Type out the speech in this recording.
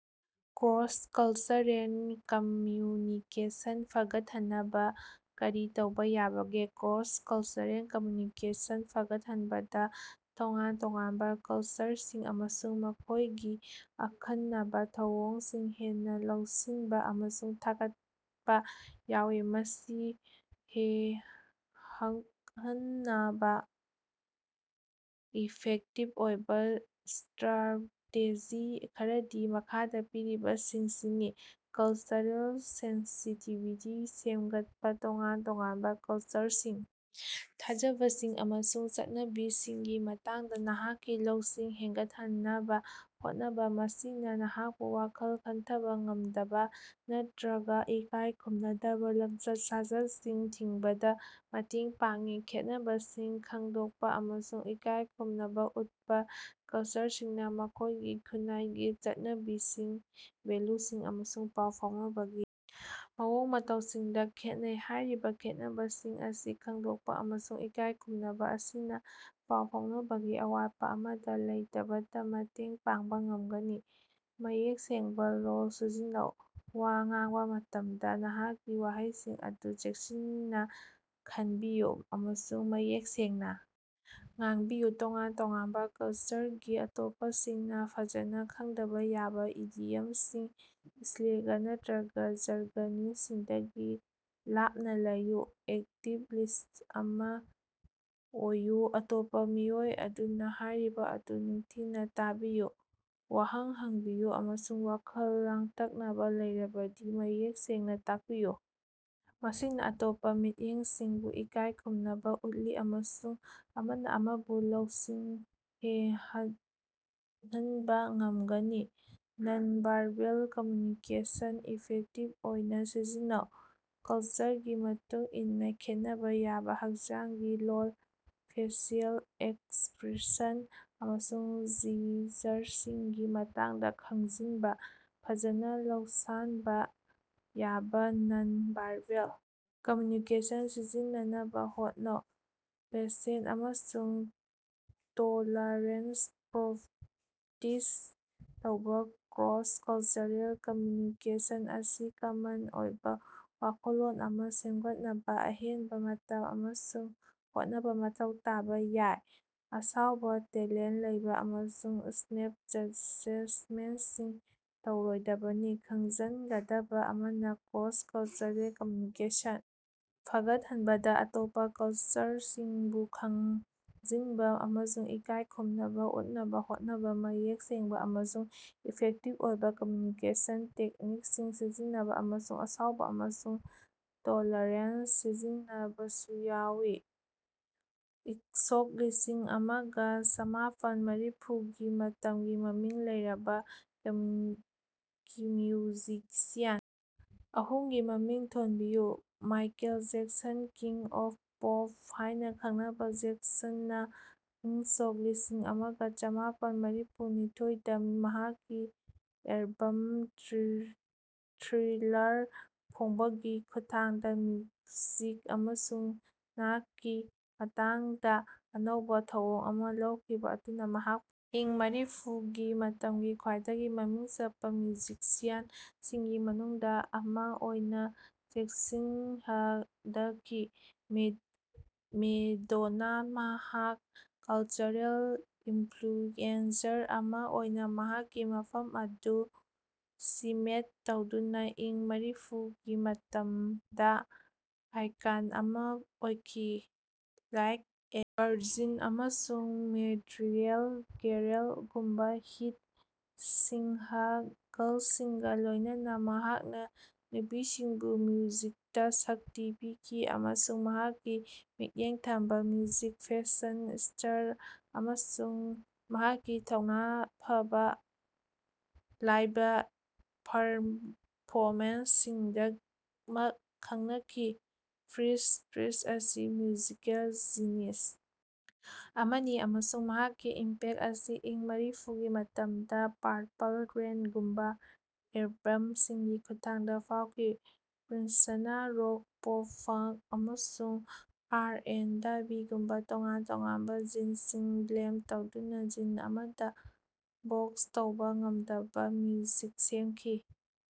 Cross-cultural communication ꯐꯒꯠꯍꯟꯅꯕꯥ ꯀꯔꯤ ꯇꯧꯕ ꯌꯥꯕꯒꯦ? ꯀ꯭ꯔꯣꯁ-ꯀꯜꯆꯔꯦꯜ ꯀꯝꯃ꯭ꯌꯨꯅꯤꯀꯦꯁꯟ ꯐꯥꯒꯠꯍꯟꯕꯗ ꯇꯣꯉꯥꯟ-ꯇꯣꯉꯥꯟꯕ ꯀꯜꯆꯔꯁꯤꯡ ꯑꯃꯁꯨꯡ ꯃꯈꯣꯏꯒꯤ ꯑꯈꯟꯅꯕ ꯊꯧꯑꯣꯡꯁꯤꯡ ꯍꯦꯟꯅ ꯂꯧꯁꯤꯟꯕ ꯑꯃꯁꯨꯡ ꯊꯥꯒꯠꯄꯥ ꯌꯥꯎꯏ꯫ ꯃꯁꯤ ꯍꯦꯉꯠꯍꯟꯅꯕ ꯏꯐꯦꯛꯇꯤꯚ ꯑꯣꯏꯕ ꯁ꯭ꯇꯔꯥꯇꯦꯖꯤ ꯈꯔꯗꯤ ꯃꯈꯥꯗ ꯄꯤꯔꯤꯕꯁꯤꯡꯁꯤꯅꯤ: ꯀꯜꯆꯔꯦꯜ ꯁꯦꯟꯁꯤꯇꯤꯚꯤꯇꯤ ꯁꯦꯝꯒꯠꯄ ꯇꯣꯉꯥꯟ-ꯇꯣꯉꯥꯟꯕ ꯀꯜꯆꯔꯁꯤꯡ, ꯊꯥꯖꯕꯁꯤꯡ ꯑꯃꯁꯨꯡ ꯆꯠꯅꯕꯤꯁꯤꯡꯒꯤ ꯃꯇꯥꯡꯗ ꯅꯍꯥꯛꯀꯤ ꯂꯧꯁꯤꯡ ꯍꯦꯒꯠꯍꯟꯅꯕꯥ ꯍꯣꯠꯅꯕ꯫ ꯃꯁꯤꯅ ꯅꯍꯥꯛꯄꯨ ꯋꯥꯈꯜ ꯈꯟꯊꯕꯥ ꯉꯝꯗꯕ ꯅꯠꯇꯔꯒ ꯏꯀꯥꯏ ꯈꯨꯝꯅꯗꯕ ꯂꯝꯆꯠ-ꯁꯥꯖꯠꯁꯤꯡ ꯊꯤꯡꯕꯗ ꯃꯇꯦꯡ ꯄꯥꯡꯏ꯫ ꯈꯦꯠꯅꯕꯁꯤꯡ ꯈꯪꯗꯣꯛꯄ ꯑꯃꯁꯨꯡ ꯏꯀꯥꯏꯈꯨꯝꯅꯕ ꯎꯠꯄ ꯀꯜꯆꯔꯁꯤꯡꯅꯥ ꯃꯈꯣꯏꯒꯤ ꯈꯨꯟꯅꯥꯏꯒꯤ ꯆꯠꯅꯕꯤꯁꯤꯡ, ꯚꯦꯂꯨꯁꯤꯡ ꯑꯃꯁꯨꯡ ꯄꯥꯎ ꯐꯥꯎꯅꯕꯒꯤ ꯃꯑꯣꯡ ꯃꯇꯧꯁꯤꯡꯗ ꯈꯦꯠꯅꯩ꯫ ꯍꯥꯏꯔꯤꯕ ꯈꯦꯠꯅꯕꯁꯤꯡ ꯑꯁꯤ ꯈꯪꯗꯣꯛꯄ ꯑꯃꯁꯨꯡ ꯏꯀꯥꯏꯈꯨꯝꯅꯕ ꯑꯁꯤꯅ ꯄꯥꯎ ꯐꯥꯎꯅꯕꯒꯤ ꯑꯋꯥꯠꯄ ꯑꯃꯇꯥ ꯂꯩꯇꯕꯗ ꯃꯇꯦꯡ ꯄꯥꯡꯕ ꯉꯝꯒꯅꯤ꯫ ꯃꯌꯦꯛ ꯁꯦꯡꯕ ꯂꯣꯜ ꯁꯤꯖꯤꯟꯅꯧ ꯋꯥ ꯉꯥꯡꯕꯥ ꯃꯇꯝꯗ ꯅꯍꯥꯛꯀꯤ ꯋꯥꯍꯩꯁꯤꯡ ꯑꯗꯨ ꯆꯦꯛꯁꯤꯟꯅ ꯈꯟꯕꯤꯌꯨ ꯑꯃꯁꯨꯡ ꯃꯌꯦꯛ ꯁꯦꯡꯅ ꯉꯥꯡꯕꯤꯌꯨ꯫ ꯇꯣꯉꯥꯟ-ꯇꯣꯉꯥꯟꯕ ꯀꯜꯆꯔꯒꯤ ꯑꯇꯣꯞꯄꯁꯤꯡꯅ ꯐꯖꯅ ꯈꯪꯗꯕ ꯌꯥꯕ ꯏꯗꯤꯌꯝꯁꯤꯡ, ꯁ꯭ꯂꯦꯡꯒ ꯅꯠꯇꯔꯒ ꯖꯥꯔꯒꯅꯁꯤꯡꯗꯒꯤ ꯂꯥꯞꯅ ꯂꯩꯌꯨ꯫ ꯑꯦꯛꯇꯤꯕ ꯂꯤꯁ꯭ꯇꯔ ꯑꯃ ꯑꯣꯏꯌꯨ ꯑꯇꯣꯞꯄ ꯃꯤꯑꯣꯏ ꯑꯗꯨꯅꯥ ꯍꯥꯢꯔꯤꯕ ꯑꯗꯨ ꯅꯤꯡꯊꯤꯅ ꯇꯥꯕꯤꯌꯨ, ꯋꯥꯍꯪ ꯍꯪꯕꯤꯌꯨ ꯑꯃꯁꯨꯡ ꯋꯥꯈꯜ ꯂꯥꯡꯇꯛꯅꯕ ꯂꯩꯔꯕꯗꯤ ꯃꯌꯦꯛ ꯁꯦꯡꯅ ꯇꯥꯛꯄꯤꯌꯨ꯫ ꯃꯁꯤꯅ ꯑꯇꯣꯞꯄ ꯃꯤꯠꯌꯦꯡꯁꯤꯡꯕꯨ ꯏꯀꯥꯏ ꯈꯨꯝꯅꯕꯥ ꯎꯠꯂꯤ ꯑꯃꯁꯨꯡ ꯑꯃꯅ ꯑꯃꯕꯨ ꯂꯧꯁꯤꯡ ꯍꯦꯉꯠꯍꯟꯕ ꯉꯝꯒꯅꯤ꯫ ꯅꯟ-ꯚꯥꯔꯕꯦꯜ ꯀꯝꯃ꯭ꯌꯨꯅꯤꯀꯦꯁꯟ ꯏꯐꯦꯛꯇꯤꯚ ꯑꯣꯏꯅ ꯁꯤꯖꯤꯟꯅꯧ ꯀꯜꯆꯔꯒꯤ ꯃꯇꯨꯡꯏꯟꯅꯥ ꯈꯦꯠꯅꯕ ꯌꯥꯕꯥ ꯍꯛꯆꯥꯡꯒꯤ ꯂꯣꯜ, ꯐꯦꯁꯤꯑꯦꯜ ꯑꯦꯛꯁꯄ꯭ꯔꯦꯁꯟ ꯑꯃꯁꯨꯡ ꯖꯤꯖꯔꯁꯤꯡꯒꯤ ꯃꯇꯥꯡꯗꯥ ꯈꯪꯖꯤꯟꯕ꯫ ꯐꯖꯅꯥ ꯂꯧꯁꯥꯟꯕ ꯌꯥꯕꯥ ꯅꯟ-ꯚꯥꯔꯕꯦꯜ ꯀꯝꯃ꯭ꯌꯨꯅꯤꯀꯦꯁꯟ ꯁꯤꯖꯤꯟꯅꯅꯕ ꯍꯣꯠꯅꯧ꯫ ꯄꯦꯁꯦꯟꯇ ꯑꯃꯁꯨꯡ ꯇꯣꯂꯥꯔꯦꯟꯁ ꯄ꯭ꯔꯦꯛꯇꯤꯁ ꯇꯧꯕ ꯀ꯭ꯔꯣꯁ-ꯀꯜꯆꯔꯦꯜ ꯀꯝꯃ꯭ꯌꯨꯅꯤꯀꯦꯁꯟ ꯑꯁꯤ ꯀꯃꯟ ꯑꯣꯏꯕ ꯋꯥꯈꯜꯂꯣꯟ ꯑꯃꯥ ꯁꯦꯝꯒꯠꯅꯕ ꯑꯍꯦꯟꯕ ꯃꯇꯝ ꯑꯃꯁꯨꯡ ꯍꯣꯠꯅꯕꯥ ꯃꯊꯧ ꯇꯥꯕꯥ ꯌꯥꯏ꯫ ꯑꯁꯥꯎꯕ, ꯇꯦꯂꯦꯟꯠ ꯂꯩꯕ ꯑꯃꯁꯨꯡ ꯁ꯭ꯅꯦꯞ ꯖꯖꯃꯦꯟꯁꯤꯡ ꯇꯧꯔꯣꯏꯗꯕꯅꯤ꯫ ꯈꯪꯖꯤꯟꯒꯗꯕ ꯑꯃꯅ, ꯀ꯭ꯔꯣꯁ-ꯀꯜꯆꯔꯦꯜ ꯀꯝꯃ꯭ꯌꯨꯅꯤꯀꯦꯁꯟ ꯐꯥꯒꯠꯍꯟꯕꯗ ꯑꯇꯣꯞꯄ ꯀꯜꯆꯔꯁꯤꯡꯕꯨ ꯈꯪꯖꯤꯟꯕꯥ ꯑꯃꯁꯨꯡ ꯏꯀꯥꯏ ꯈꯨꯝꯅꯕ ꯎꯠꯅꯕ ꯍꯣꯠꯅꯕ, ꯃꯌꯦꯛ ꯁꯦꯡꯕꯥ ꯑꯃꯁꯨꯡ ꯏꯐꯦꯛꯇꯤꯚ ꯑꯣꯏꯕ ꯀꯝꯃ꯭ꯌꯨꯅꯤꯀꯦꯁꯟ ꯇꯦꯛꯅꯤꯛꯁꯤꯡ ꯁꯤꯖꯤꯟꯅꯕ ꯑꯃꯁꯨꯡ ꯑꯁꯥꯎꯕ ꯑꯃꯁꯨꯡ ꯇꯦꯂꯦꯔꯦꯟꯁ ꯁꯤꯖꯤꯟꯅꯕꯁꯨ ꯌꯥꯎꯏ꯫ ꯏꯪꯁꯣꯛ ꯂꯤꯁꯤꯡ ꯑꯃꯒ ꯆꯥꯃꯥꯄꯟ ꯃꯔꯤꯐꯨ ꯒꯤ ꯃꯇꯝꯒꯤ ꯃꯃꯤꯡ ꯂꯩꯔꯕꯥ ꯃ꯭꯭ꯌꯨꯖꯤꯁꯤꯌꯥꯟ ꯑꯍꯨꯝꯒꯤ ꯃꯃꯤꯡ ꯊꯣꯟꯕꯤꯌꯨ꯫ Michael Jackson: "king of pop" ꯍꯥꯏꯅꯥ ꯈꯪꯅꯕ, ꯖꯦꯛꯁꯟꯅꯥ ꯏꯪꯁꯣꯛ ꯂꯤꯁꯤꯡ ꯑꯃꯒ ꯆꯥꯃꯥꯄꯟ ꯃꯔꯤꯐꯨ ꯅꯤꯊꯣꯏ ꯗꯥ ꯃꯍꯥꯛꯀꯤ ꯑꯦꯜꯕꯝ ꯊ꯭꯭ꯔꯤꯂꯥꯔ ꯐꯣꯡꯕꯒꯤ ꯈꯨꯠꯊꯥꯡꯗ ꯃ꯭ꯌꯨꯖꯤꯛ ꯑꯃꯁꯨꯡ ꯅꯥꯠꯀꯤ ꯃꯇꯥꯡꯗ ꯑꯅꯧꯕꯥ ꯊꯧꯑꯣꯡ ꯑꯃ ꯂꯧꯈꯤꯕꯥ ꯑꯗꯨꯅ ꯃꯍꯥꯛꯄꯨ ꯏꯪ ꯃꯔꯤꯐꯨ ꯒꯤ ꯃꯇꯝꯒꯤ ꯈ꯭ꯋꯥꯏꯗꯒꯤ ꯃꯃꯤꯡ ꯆꯠꯄ ꯃ꯭ꯌꯨꯖꯤꯛꯁꯤꯌꯥꯟ ꯁꯤꯡꯒꯤ ꯃꯅꯨꯡꯗ ꯑꯃꯥ ꯑꯣꯏꯅ ꯆꯦꯠꯁꯤꯟꯍꯗꯈꯤ꯫ ꯃꯦꯗꯣꯅꯥ: ꯃꯍꯥꯛ ꯀꯜꯆꯔꯦꯜ ꯏꯟꯐ꯭ꯂꯨꯑꯦꯟꯖꯔ ꯑꯃ ꯑꯣꯏꯅ ꯃꯍꯥꯛꯀꯤ ꯃꯐꯝ ꯑꯗꯨ ꯁꯤꯃꯦꯟꯇ ꯇꯧꯗꯨꯅ ꯏꯪ ꯃꯔꯤꯐꯨ ꯒꯤ ꯃꯇꯝꯗ ꯑꯥꯏꯀꯟ ꯑꯃ ꯑꯣꯏꯈꯤ꯫ "ꯂꯥꯏꯛ ꯑꯦ ꯚꯔꯖꯤꯟ" ꯑꯃꯁꯨꯡ "ꯃꯦꯇ꯭ꯔꯤꯑꯦꯜ ꯒꯦꯔꯜ" ꯒꯨꯝꯕ ꯍꯤꯠ ꯁꯤꯉꯡꯒꯜꯁꯤꯡꯒ ꯂꯣꯏꯅꯅ ꯃꯍꯥꯛꯅ ꯅꯨꯄꯤꯁꯤꯡꯕꯨ ꯃ꯭ꯌꯨꯖꯤꯛꯇꯥ ꯁꯛꯇꯤ ꯄꯤꯈꯤ ꯑꯃꯁꯨꯡ ꯃꯍꯥꯛꯀꯤ ꯃꯤꯠꯌꯦꯡ ꯊꯝꯕ ꯃ꯭ꯌꯨꯖꯤꯛ, ꯐꯦꯁꯟ ꯁ꯭꯭ꯇꯥꯏꯜ ꯑꯃꯁꯨꯡ ꯃꯍꯥꯛꯀꯤ ꯊꯧꯅ ꯐꯥꯕ ꯂꯥꯏꯕ ꯄꯥꯔꯐꯣꯃꯦꯟꯁ ꯁꯤꯡꯒꯤꯗꯃꯛ ꯈꯪꯅꯈꯤ꯫ ꯄ꯭꯭ꯔꯤꯟꯁ: ꯄ꯭ꯔꯤꯟꯁ ꯑꯁꯤ ꯃ꯭꯭ꯌꯨꯖꯤꯀꯦꯜ ꯖꯤꯅꯤꯁ ꯑꯃꯅꯤ ꯑꯃꯁꯨꯡ ꯃꯍꯥꯛꯀꯤ ꯏꯝꯄꯦꯛ ꯑꯁꯤ ꯏꯪ ꯃꯔꯤꯐꯨ ꯒꯤ ꯃꯇꯝꯗ "ꯄꯥꯔꯄꯜ ꯔꯦꯟ" ꯒꯨꯝꯕ ꯑꯦꯜꯕꯝ ꯁꯤꯡꯒꯤ ꯈꯨꯠꯊꯥꯡꯗ ꯐꯥꯎꯈꯤ꯫ ꯄ꯭꯭ꯔꯤꯟꯁꯅꯥ ꯔꯣꯛ, ꯄꯣꯞ, ꯐꯉ꯭ꯛ, ꯑꯃꯁꯨꯡ ꯑꯥꯔ ꯑꯦꯟꯗ ꯕꯤꯒꯨꯝꯕꯥ ꯇꯣꯉꯥꯟ ꯇꯣꯉꯥꯟꯕ ꯖꯤꯟꯁꯤꯡ ꯕ꯭꯭ꯂꯦꯟ ꯇꯧꯗꯨꯅ ꯖꯤꯟ ꯑꯃꯗ ꯕꯣꯛꯁ ꯇꯧꯕ ꯉꯝꯗꯕ ꯃ꯭ꯌꯨꯖꯤꯛ ꯁꯦꯝꯈꯤ꯫